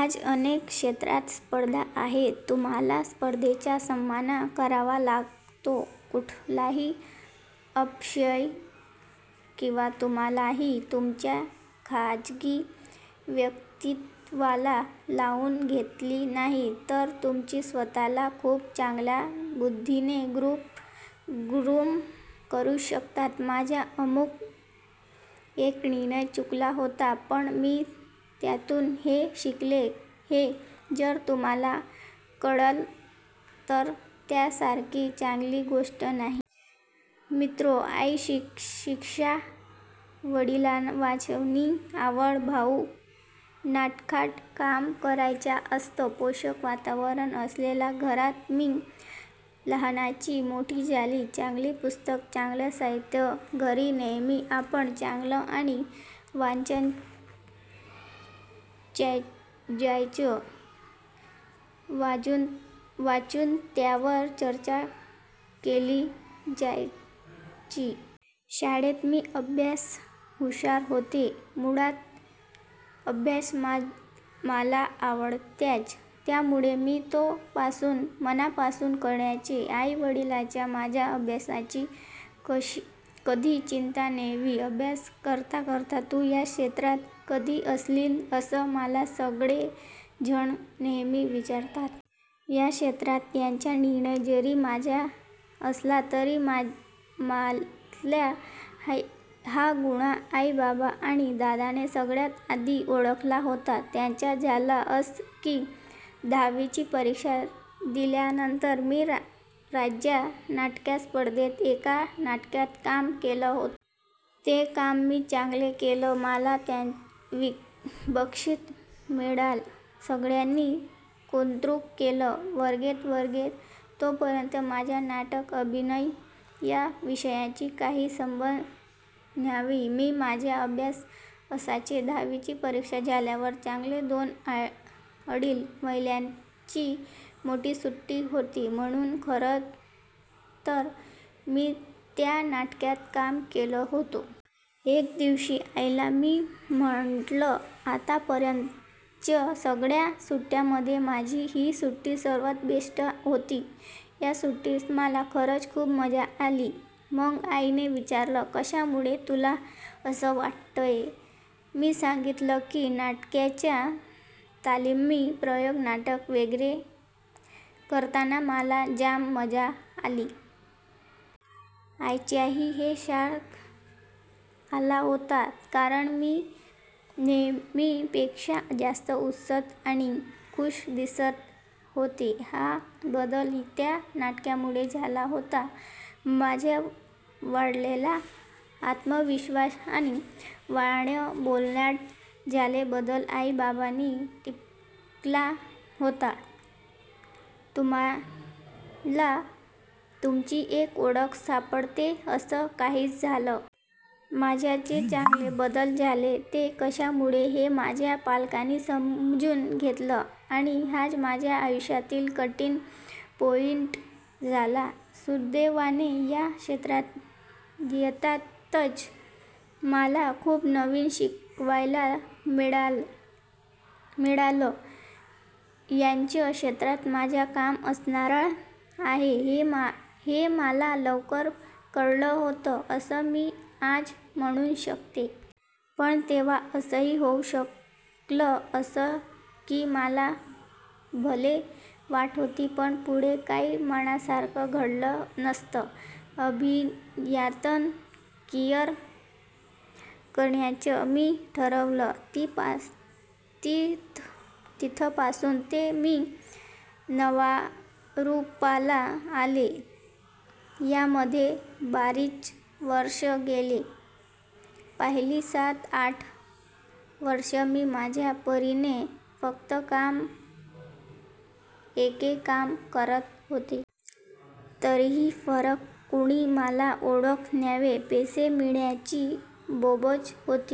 आज अनेक क्षेत्रांत स्पर्धा आहे. तुम्हांला स्पर्धेचा सामना करावा लागतो. कुठलंही अपयश किंवा तुलना ही तुमच्या खाजगी व्यक्तिमत्त्वाला लावून घेतली नाहीत, तर तुम्ही स्वतःला खूप चांगल्या पद्धतीने ग्रुम करू शकता. माझा अमुक एक निर्णय चुकला होता पण मी त्यातून हे शिकले, हे जर तुम्हांला कळलं तर त्यासारखी चांगली गोष्ट नाही. मित्रांनो. आई शिक्षिका, वडिलांना वाचनाची आवड, भाऊ नाटकात कामं करायचा असं पोषक वातावरण असलेल्या घरात मी लहानाची मोठी झाले. चांगली पुस्तकं, चांगलं साहित्य घरी नेहमी आणलं जायचं आणि वाचलं जायचं. वाचून त्यावर चर्चा केली जायची. शाळेत मी अभ्यासात हुशार होते. मुळात अभ्यास मला आवडायचा, त्यामुळे मी तो मनापासून करायचे. आई-वडिलांना माझ्या अभ्यासाची कधी चिंता नव्हती. अभ्यास करता करता तू या क्षेत्रात कशी आलीस, असं मला सगळेजण नेहमी विचारतात. या क्षेत्रात यायचा निर्णय जरी माझा असला तरी माझ्यातला हा गुण आई-बाबा आणि दादाने सगळ्यात आधी ओळखला होता. त्याचं झालं असं की, दहावीची परीक्षा दिल्यानंतर मी राज्य नाट्यस्पर्धेसाठी एका नाटकात काम केलं होतं. ते काम मी चांगलं केलं, मला त्यात बक्षीस मिळालं, सगळ्यांनी कौतुक केलं, वगैरे वगैरे! तोपर्यंत माझा नाटक, अभिनय या विषयाशी काहीच संबंध नव्हता. मी माझ्या अभ्यासात असायचे. दहावीची परीक्षा झाल्यावर चांगली दोन अडीच महिन्यांची मोठी सुट्टी होती म्हणून खरंतर मी त्या नाटकात काम केलं होतं. एके दिवशी आईला मी म्हटलं, आत्तापर्यंतच्या सगळ्या सुट्ट्यांमध्ये माझी ही सुट्टी सर्वात बेस्ट होती. या सुट्टीत मला खरंच खूप मजा आली. मग आईने विचारलं, कशामुळे तुला असं वाटतंय? मी सांगितलं की, नाटकाच्या तालमी, प्रयोग, नाटक वगैरे करताना मला जाम मजा आली. आईच्याही हे लक्षात आलं होतं, कारण मी नेहमीपेक्षा जास्त उत्साही आणि खूश दिसत होते. हा बदल त्या नाटकामुळे झाला होता. माझा वाढलेला आत्मविश्वास आणि वागण्या-बोलण्यात झालेला बदल आई-बाबांनी टिपला होता. तुम्हांला तुमची एक ओळख सापडते, तसं काहीसं झालं. माझ्यात जे चांगले बदल झाले ते कशामुळे, हे माझ्या पालकांनी समजून घेतलं; आणि हाच माझ्या आयुष्यातील टर्निंग पॉइंट ठरला. सुदैवाने या क्षेत्रात येताच मला खूप नवीन शिकायला मिळालं. याच क्षेत्रात माझं काम असणार आहे, हे मला लवकर कळलं होतं असं मी आज म्हणू शकते. पण तेव्हा असंही होऊ शकलं असतं की मला भले वाटत होतं, पण पुढे काही मनासारखं घडलंच नसतं. अभिनयात करियर करण्याचं मी ठरवलं तिथपासून ते मी नावारूपाला आले यात मध्ये बरीच वर्षं गेली. पहिली सात-आठ वर्षं मी माझ्या परीने फक्त काम एके काम करत होते. तरीही फारसं कुणी मला ओळखत नव्हतं. पैसे मिळण्याचीही बोंबच होती.